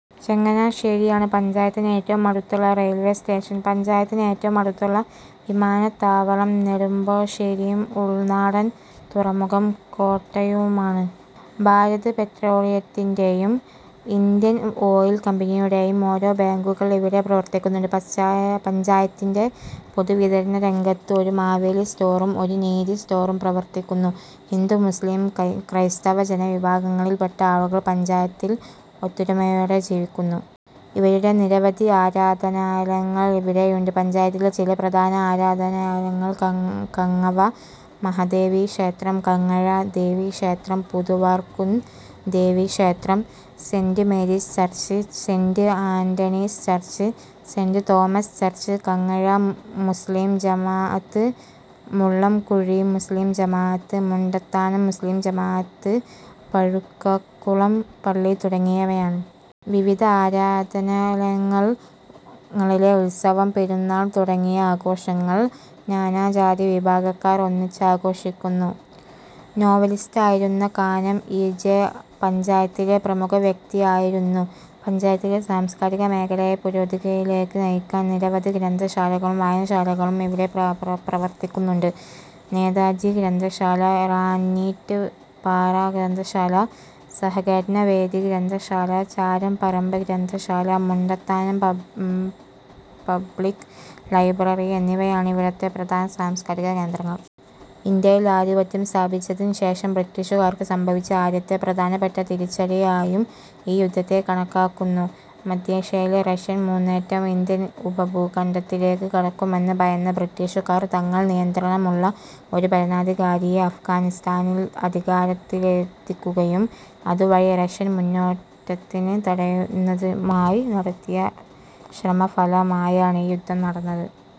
ചങ്ങനാശ്ശേരിയാണ് പഞ്ചായത്തിന് ഏറ്റവും അടുത്തുള്ള റെയിൽവേ സ്റ്റേഷൻ. പഞ്ചായത്തിന് ഏറ്റവും അടുത്തുള്ള വിമാനത്താവളം നെടുമ്പാശ്ശേരിയും ഉൾനാടൻ തുറമുഖം കോട്ടയവുമാണ്. ഭാരത് പെട്രോളിയത്തിന്റെയും, ഇന്ത്യൻ ഓയിൽ കമ്പനിയുടെയും ഓരോ ബങ്കുകൾ ഇവിടെ പ്രവർത്തിക്കുന്നുണ്ട്. പഞ്ചായത്തിന്റെ പൊതുവിതരണരംഗത്ത് ഒരു മാവേലി സ്റ്റോറും ഒരു നീതി സ്റ്റോറും പ്രവർത്തിക്കുന്നു. ഹിന്ദു മുസ്ളിം ക്രൈസ്തവ ജനവിഭാഗങ്ങളിൽപെട്ട ആളുകൾ പഞ്ചായത്തിൽ ഒത്തൊരുമയോടെ ജീവിക്കുന്നു. ഇവരുടെ നിരവധി ആരാധനാലയങ്ങൾ ഇവിടെയുണ്ട്. പഞ്ചായത്തിലെ ചില പ്രധാന ആരാധനാലയങ്ങൾ കങ്ങവ മഹാദേവി ക്ഷേത്രം, കങ്ങഴ ദേവീക്ഷേത്രം, പുതുവാർക്കുന്ന് ദേവീക്ഷേത്രം, saint Mary's church, saint Anthony's church, saint Thomas church, Kangazha മുസ്ളീം ജമാ അത്ത്, മുള്ളംകുഴി മുസ്ളീം ജമാ അത്ത്, മുണ്ടത്താനം മുസ്ളീം ജമാഅത്ത്പഴുക്കാകുളം പള്ളി തുടങ്ങിയവയാണ്. വിവിധ ആരാധനാലയങ്ങളിലെ ഉത്സവം, പെരുന്നാൾ തുടങ്ങിയ ആഘോഷങ്ങൾ നാനാജാതിവിഭാഗക്കാർ ഒന്നിച്ചാഘോഷിക്കുന്നു. നോവലിസ്റ്റായിരുന്ന കാനം. ഇ. ജെ. പഞ്ചായത്തിലെ പ്രമുഖ വ്യക്തിയായിരുന്നു. പഞ്ചായത്തിന്റെ സാംസ്കാരിക മേഖലയെ പുരോഗതിയിലേക്ക് നയിക്കാൻ നിരവധി ഗ്രന്ഥശാലകളും വായനശാലകളും ഇവിടെ പ്രവർത്തിക്കുന്നുണ്ട്. നേതാജി ഗ്രന്ഥശാല, റാന്നീറ്റ് പാറ ഗ്രന്ഥശാല, സഹകരണവേദി ഗ്രന്ഥശാല, ചാരംപറമ്പ് ഗ്രന്ഥശാല, മുണ്ടത്താനം പബ്ളിക് ലൈബ്രറി എന്നിവയാണ് ഇവിടത്തെ പ്രധാന സാംസ്കാരിക കേന്ദ്രങ്ങൾ. ഇന്ത്യയിൽ ആധിപത്യം സ്ഥാപിച്ചതിനു ശേഷം ബ്രിട്ടീഷുകാർക്ക് സംഭവിച്ച ആദ്യത്തെ പ്രധാനപ്പെട്ട തിരിച്ചടിയായും ഈ യുദ്ധത്തെ കണക്കാക്കുന്നു. മദ്ധ്യേഷ്യയിലെ റഷ്യൻ മുന്നേറ്റം, ഇന്ത്യൻ ഉപഭൂഖണ്ഡത്തിലേക്ക് കടക്കുമെന്ന് ഭയന്ന ബ്രിട്ടീഷുകാർ, തങ്ങൾക്ക് നിയന്ത്രണമുള്ള ഒരു ഭരണാധികാരിയെ അഫ്ഗാനിസ്താനിൽ അധികാരത്തിലെത്തിക്കുകയും അതുവഴി റഷ്യൻ മുന്നേറ്റത്തിന് തടയിടുന്നതിനുമായി നടത്തിയ ശ്രമഫലമായാണ് ഈ യുദ്ധം നടന്നത്.